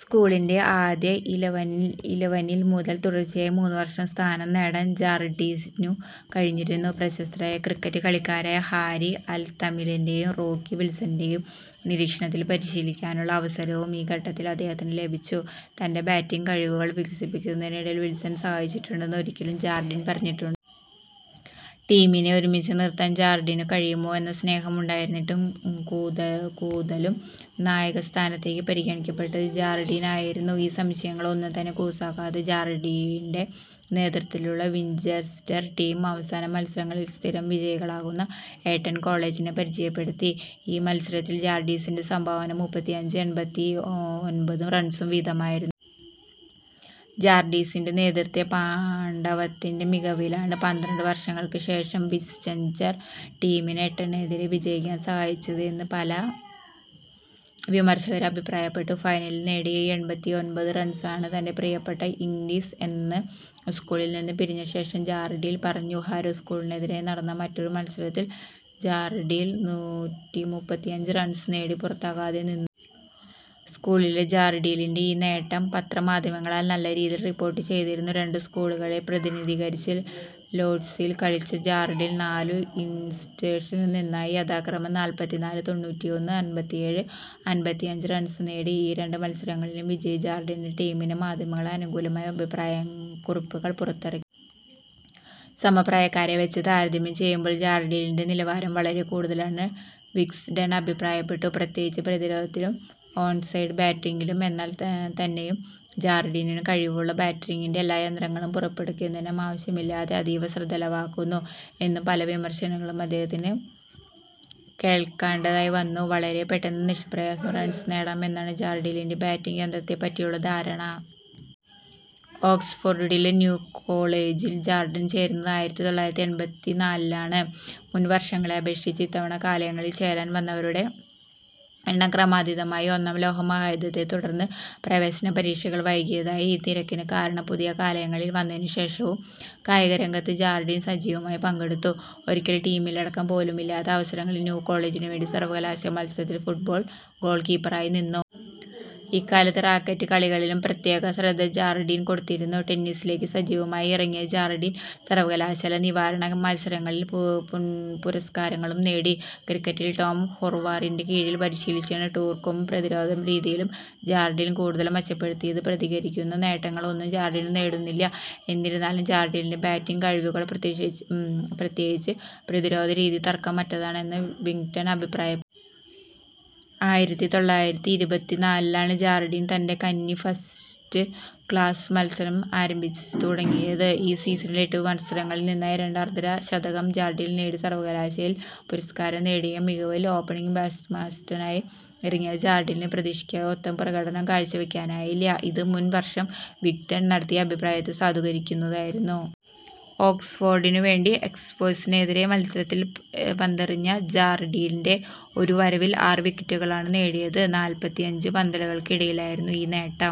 സ്കൂളിൻ്റെ ആദ്യ ഇലവനിൽ മുതൽ തുടർച്ചയായി മൂന്ന് വർഷം സ്ഥാനം നേടാൻ ജാർഡീനു കഴിഞ്ഞിരുന്നു. പ്രശസ്തരായ ക്രിക്കറ്റ് കളിക്കാരായ ഹാരി അൽതമിൻ്റേയും റോക്ലി വിൽസണിൻ്റേയും നിരീക്ഷണത്തിൽ പരിശീലിക്കാനുള്ള അവസരവും ഈ ഘട്ടത്തിൽ അദ്ദേഹത്തിനു ലഭിച്ചു. തൻ്റെ ബാറ്റിംഗ് കഴിവുകൾ വികസിപ്പിക്കുന്നതിൽ വിൽസൺ സഹായിച്ചിട്ടുണ്ടെന്ന് ഒരിക്കൽ ജാർഡീൻ പറഞ്ഞിട്ടുണ്ട്. ടീമിനെ ഒരുമിച്ച് നിർത്താൻ ജാർഡീനു കഴിയുമോ എന്ന സന്ദേഹമുണ്ടായിരുന്നിട്ട് കൂതലും കൂതലുംനായകസ്ഥാനത്തേക്ക് പരിഗണിക്കപ്പെട്ടത് ജാർഡീനായിരുന്നു. ഈ സംശയങ്ങൾ ഒന്നും തന്നെ കൂസാക്കാതെ ജാർഡീൻ്റെ നേതൃത്തത്തിലുള്ള വിഞ്ചെസ്റ്റർ ടീം അവസാന മത്സരത്തിൽ സ്ഥിരം വിജയികളാവുന്ന ഏട്ടൺ കോളജിനെ പരാജയപ്പെടുത്തി. ഈ മത്സരത്തിൽ ജാർഡീൻ്റെ സംഭാവന മുപ്പത്തിഅഞ്ചും എൺപത്തിഒൻപത് റൺസും വീതമായിരുന്നു. ജാർഡീൻ്റെ നേതൃ പാഠവത്തിൻ്റെ മികവിലാണ് പന്ത്രണ്ട് വർഷങ്ങൾക്ക് ശേഷം വിഞ്ചെസ്റ്റർ ടീമിന് ഏട്ടണെതിര വിജയിക്കാൻ സഹായിച്ചത് എന്ന് പല വിമർശകരും അഭിപ്രായപ്പെട്ടു. ഫൈനലിൽ നേടിയ ഈ എൺപത്തിഒൻപത് റൺസാണ് തൻ്റെ പ്രിയപ്പെട്ട ഇന്നിംഗ്സ് എന്ന് സ്കൂളിൽ നിന്നു പിരിഞ്ഞ ശേഷം ജാർഡീൻ പറഞ്ഞു. ഹാരോ സ്കൂളിനെതിരെ നടന്ന മറ്റൊരു മത്സരത്തിൽ ജാർഡീൻ നൂറ്റിമുപ്പത്തിഅഞ്ച് റൺസ് നേടി പുറത്താകാതെ നിന്നു. സ്കൂളിലെ ജാർഡീൻ്റെ ഈ നേട്ടം പത്ര മാധ്യമങ്ങളിൽ നല്ല രീതിയിൽ റിപ്പോർട്ട് ചെയ്തിരുന്നു. രണ്ട് സ്കൂളുകളെ പ്രതിനിധീകരിച്ച് ലോഡ്സിൽ കളിച്ച ജാർഡീൻ നാലു ഇന്നിംഗ്സുകളിൽ നിന്നായി യഥാക്രമം നാല്പത്തിനാല്, തൊണ്ണൂറ്റിഒന്ന്, അൻപത്തിഏഴ്, അൻപത്തിഅഞ്ചും റൺസ് നേടി, ഈ രണ്ട് മത്സരങ്ങളിലും വിജയിച്ച ജാർഡിൻ്റെ ടീമിനെ മാധ്യമങ്ങൾ അനുകൂലമായ അഭിപ്രായകുറിപ്പുകൾ പുറത്തിറക്കി. സമപ്രായക്കാരെ വച്ച് താരതമ്യം ചെയ്യുമ്പോൾ ജാർഡീൻ്റെ നിലവാരം വളരെ കൂടുതലാണന്ന് വിസ്ഡൺ അഭിപ്രായപ്പെട്ടു, പ്രത്യേകിച്ച് പ്രതിരോധത്തിലും ഓൺ സൈഡ് ബാറ്റിംഗിലും. എന്നാൽ തന്നെയും ജാർഡീനു കഴിയാവുന്ന ബാറ്റിംഗിൻ്റെ എല്ലാ തന്ത്രങ്ങളും പുറത്തെടുക്കുന്നില്ലെന്നും അവിശ്യമില്ലാതെ അതീവ ശ്രദ്ധാലുവാകുന്നു എന്നും പല വിമർശനങ്ങളും അദ്ദേഹത്തിന് കേൾക്കേണ്ടതായി വന്നു. വളരെ പെട്ടെന്ന് നിഷ്പ്രയാസം റൺസ് നേടാം എന്നാണ് ജാർഡീൻ്റെ ബാറ്റിംഗ് തന്ത്രത്തെ പറ്റിയുള്ള ധാരണ. ഓക്സ്ഫോർഡിലെ ന്യൂ കോളജിൽ ജാർഡീൻ ചേരുന്നത് ആയിരത്തിതൊള്ളായിരത്തിപത്തൊൻപതിലാണ്. മുൻ വർഷങ്ങളെ അപേക്ഷിച്ച് ഇത്തവണ കലാലയത്തിൽ ചേരാൻ വന്നവരുടെ എണ്ണം ക്രമാതീതമായിരുന്നു. ഒന്നാം ലോകമഹായുദ്ധത്തെ തുടർന്ന് പ്രവേശന പരീക്ഷകൾ വൈകിയതായിരുന്നു ഈ തിരക്കിന് കാരണം. പുതിയ കലാലയത്തിൽ വന്നതിനു ശേഷവും കായിക രംഗത്ത് ജാർഡീൻ സജീവമായി പങ്കെടുത്തു, ഒരിക്കൽ ടീമിലിടം പോലുമില്ലാത്ത അവസരത്തിൽ ന്യൂ കോളജിനു വേണ്ടി സർവകലാശാല മത്സരത്തിൽ ഫുട്ബോൾ ഗോൾകീപ്പറായി നിന്നു. ഈക്കാലത്ത് റാക്കറ്റ് കളികളിലും പ്രത്യേക ശ്രദ്ധ ജാർഡീൻ കൊടുത്തിരുന്നു, ടെന്നീസിലേക്ക് സജീവമായി ഇറങ്ങിയ ജാർഡീൻ സർവ്വകലാശാല നിലവാര മത്സരത്തിൽ പുരസ്കാരങ്ങളും നേടി. ക്രിക്കറ്റിൽ ടോം ഹേവാർഡിൻ്റെ കീഴിൽ പരീശിലിച്ചാണ് ഫുട്വർക്കും പ്രതിരോധ രീതിയും ജാർഡീൻ കൂടുതൽ മെച്ചപ്പെടുത്തിയത്. പ്രതീക്ഷിക്കുന്ന നേട്ടങ്ങൾ ഒന്നും ജാർഡീൻ നേടുന്നില്ല, എന്നിരുന്നാലും ജാർഡീൻ്റെ ബാറ്റിംഗ് കഴിവുകൾ പ്രത്യേകിച്ച് പ്രതിരോധ രീതി തർക്കമറ്റതാണ് എന്ന് വിസ്ഡൺ അഭിപ്രായപ്പെട്ടു. ആയിരത്തിതൊള്ളായിരത്തിഇരുപതിലാണ് ജാർഡീൻ തൻ്റെ കന്നി ഫസ്റ്റ് ക്ലാസ് മത്സരം കളിച്ചത്, ഈ സീസണിൽ എട്ടു മത്സരങ്ങളിൽ നിന്നായി രണ്ട് അർദ്ധ ശതകം ജാർഡീൻ നേടി. സർവകലാശാലയിൽ പുരസ്കാരം നേടിയ മികവിൽ ഓപ്പണിംഗ് ബാറ്റ്സ്മാനായി ഇറങ്ങിയ ജാർഡീന് പ്രതീക്ഷക്കൊത്ത പ്രകടനം കാഴ്ചവയ്ക്കാനായില്ല, ഇത് മുൻ വർഷം വിസ്ഡൺ നടത്തിയ അഭിപ്രായത്തെ സാധൂകരിക്കുന്നതായിരുന്നു. ഓക്സ്ഫോർഡിനു വേണ്ടി എസെക്സിനെതിരായ മത്സരത്തിൽ പന്തെറിഞ്ഞ ജാർഡീൻ്റെ ഒരു വരവിൽ ആറ് വിക്കറ്റുകളാണ് നേടിയത് നാല്പത്തിഅഞ്ച് പന്തുകൾക്കിടയിലായിരുന്നൂ ഈ നേട്ടം.